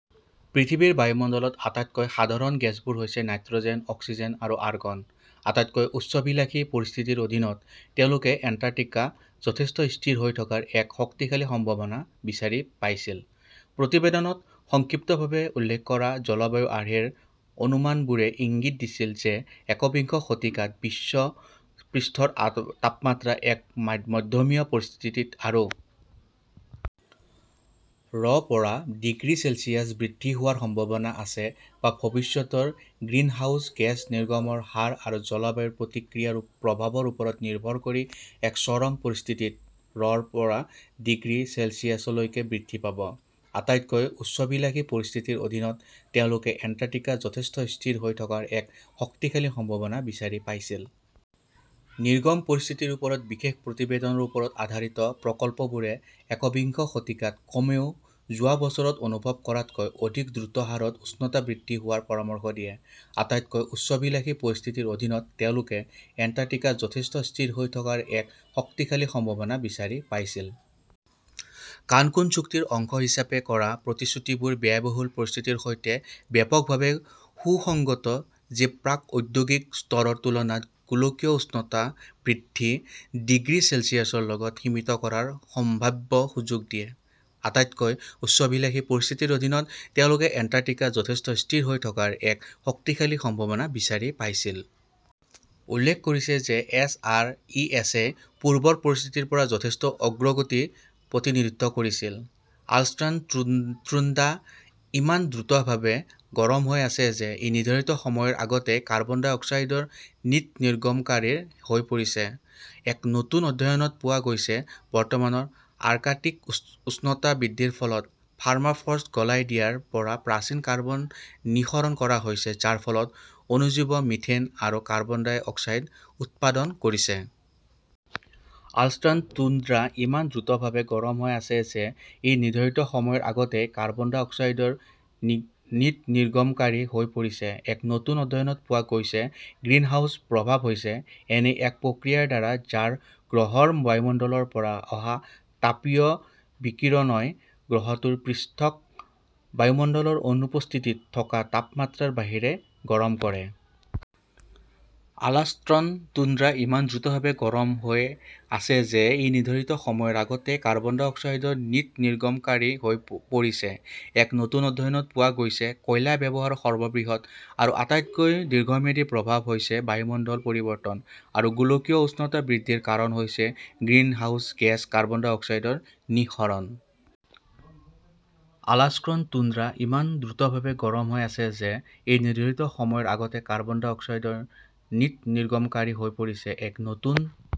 পৃথিৱীৰ বায়ুমণ্ডলত আটাইতকৈ সাধাৰণ গেছবোৰ হৈছে নাইট্ৰজেন, অক্সিজেন, আৰু আৰগন। আটাইতকৈ উচ্চাভিলাষী পৰিস্থিতিৰ অধীনত, তেওঁলোকে এণ্টাৰ্কটিকা যথেষ্ট স্থিৰ হৈ থকাৰ এক শক্তিশালী সম্ভাৱনা বিচাৰি পাইছিল। " প্ৰতিবেদনত সংক্ষিপ্তভাৱে উল্লেখ কৰা জলবায়ু আৰ্হিৰ অনুমানবোৰে ইংগিত দিছিল যে একবিংশ শতিকাত বিশ্ব পৃষ্ঠৰ তাপমাত্ৰা এক মধ্যমীয়া পৰিস্থিতিত আৰু. ৰ পৰা ডিগ্ৰী চেলছিয়াছ বৃদ্ধি হোৱাৰ সম্ভাৱনা আছে, বা ভৱিষ্যতৰ গ্ৰিনহাউস গেছ নিৰ্গমনৰ হাৰ আৰু জলবায়ুৰ প্ৰতিক্ৰিয়াৰ প্ৰভাৱৰ ওপৰত নিৰ্ভৰ কৰি এক চৰম পৰিস্থিতিত. ৰ পৰা ডিগ্ৰী চেলছিয়াছ লৈকে বৃদ্ধি পাব। আটাইতকৈ উচ্চাভিলাষী পৰিস্থিতিৰ অধীনত, তেওঁলোকে এণ্টাৰ্কটিকা যথেষ্ট স্থিৰ হৈ থকাৰ এক শক্তিশালী সম্ভাৱনা বিচাৰি পাইছিল। " নিৰ্গমন পৰিস্থিতিৰ ওপৰত বিশেষ প্ৰতিবেদনৰ ওপৰত আধাৰিত প্ৰকল্পবোৰে একবিংশ শতিকাত কমেও যোৱা বছৰত অনুভৱ কৰাতকৈ অধিক দ্ৰুত হাৰত উষ্ণতা বৃদ্ধি হোৱাৰ পৰামৰ্শ দিয়ে। আটাইতকৈ উচ্চাভিলাষী পৰিস্থিতিৰ অধীনত, তেওঁলোকে এণ্টাৰ্কটিকা যথেষ্ট স্থিৰ হৈ থকাৰ এক শক্তিশালী সম্ভাৱনা বিচাৰি পাইছিল। " কানকুন চুক্তিৰ অংশ হিচাপে কৰা প্ৰতিশ্ৰুতিবোৰ ব্যয়বহুল পৰিস্থিতিৰ সৈতে ব্যাপকভাৱে সুসংগত যি প্ৰাক-ঔদ্যোগিক স্তৰৰ তুলনাত গোলকীয় উষ্ণতা বৃদ্ধি ডিগ্ৰী চেলছিয়াছৰ তলত সীমিত কৰাৰ "সম্ভাৱ্য" সুযোগ দিয়ে। আটাইতকৈ উচ্চাভিলাষী পৰিস্থিতিৰ অধীনত, তেওঁলোকে এণ্টাৰ্কটিকা যথেষ্ট স্থিৰ হৈ থকাৰ এক শক্তিশালী সম্ভাৱনা বিচাৰি পাইছিল। " উল্লেখ কৰিছিল যে এছ. আৰ. ই. এছ. -এ "পূৰ্বৰ পৰিস্থিতিৰ পৰা যথেষ্ট অগ্ৰগতি" প্ৰতিনিধিত্ব কৰিছিল। আলাস্কান টুণ্ড্ৰা ইমান দ্ৰুতভাৱে গৰম হৈ আছে যে ই নিৰ্ধাৰিত সময়ৰ আগতেই কাৰ্বন ডাই অক্সাইডৰ নিট নিৰ্গমনকাৰী হৈ পৰিছে, এক নতুন অধ্যয়নত পোৱা গৈছে বৰ্তমানৰ আৰ্কটিক উষ্ণতা বৃদ্ধিৰ ফলত পাৰ্মাফ্ৰষ্ট গলাই দিয়াৰ পৰা প্ৰাচীন কাৰ্বন নিঃসৰণ কৰা হৈছে, যাৰ ফলত অণুজীৱে মিথেন আৰু কাৰ্বন ডাই অক্সাইড উৎপাদন কৰিছে। আলাস্কান টুণ্ড্ৰা ইমান দ্ৰুতভাৱে গৰম হৈ আছে যে ই নিৰ্ধাৰিত সময়ৰ আগতেই কাৰ্বন ডাই অক্সাইডৰ নিট নিৰ্গমনকাৰী হৈ পৰিছে, এক নতুন অধ্যয়নত পোৱা গৈছে গ্ৰীণহাউছ প্ৰভাৱ হৈছে এনে এক প্ৰক্ৰিয়া যাৰ দ্বাৰা গ্ৰহৰ বায়ুমণ্ডলৰ পৰা অহা তাপীয় বিকিৰণই গ্ৰহটোৰ পৃষ্ঠক বায়ুমণ্ডলৰ অনুপস্থিতিত থকা তাপমাত্ৰাৰ বাহিৰে গৰম কৰে। আলাস্কান টুণ্ড্ৰা ইমান দ্ৰুতভাৱে গৰম হৈ আছে যে ই নিৰ্ধাৰিত সময়ৰ আগতেই কাৰ্বন ডাই অক্সাইডৰ নিট নিৰ্গমনকাৰী হৈ পৰিছে, এক নতুন অধ্যয়নত পোৱা গৈছে কয়লা ব্যৱহাৰৰ সৰ্ববৃহৎ আৰু আটাইতকৈ দীৰ্ঘম্যাদী প্ৰভাৱ হৈছে জলবায়ু পৰিৱৰ্তন আৰু গোলকীয় উষ্ণতা বৃদ্ধিৰ কাৰণ হোৱা গ্ৰীণহাউচ গেছ কাৰ্বন ডাই অক্সাইডৰ নিঃসৰণ। আলাস্কান টুণ্ড্ৰা ইমান দ্ৰুতভাৱে গৰম হৈ আছে যে ই নিৰ্ধাৰিত সময়ৰ আগতেই কাৰ্বন ডাই অক্সাইডৰ নিট নিৰ্গমনকাৰী হৈ পৰিছে, এক নতুন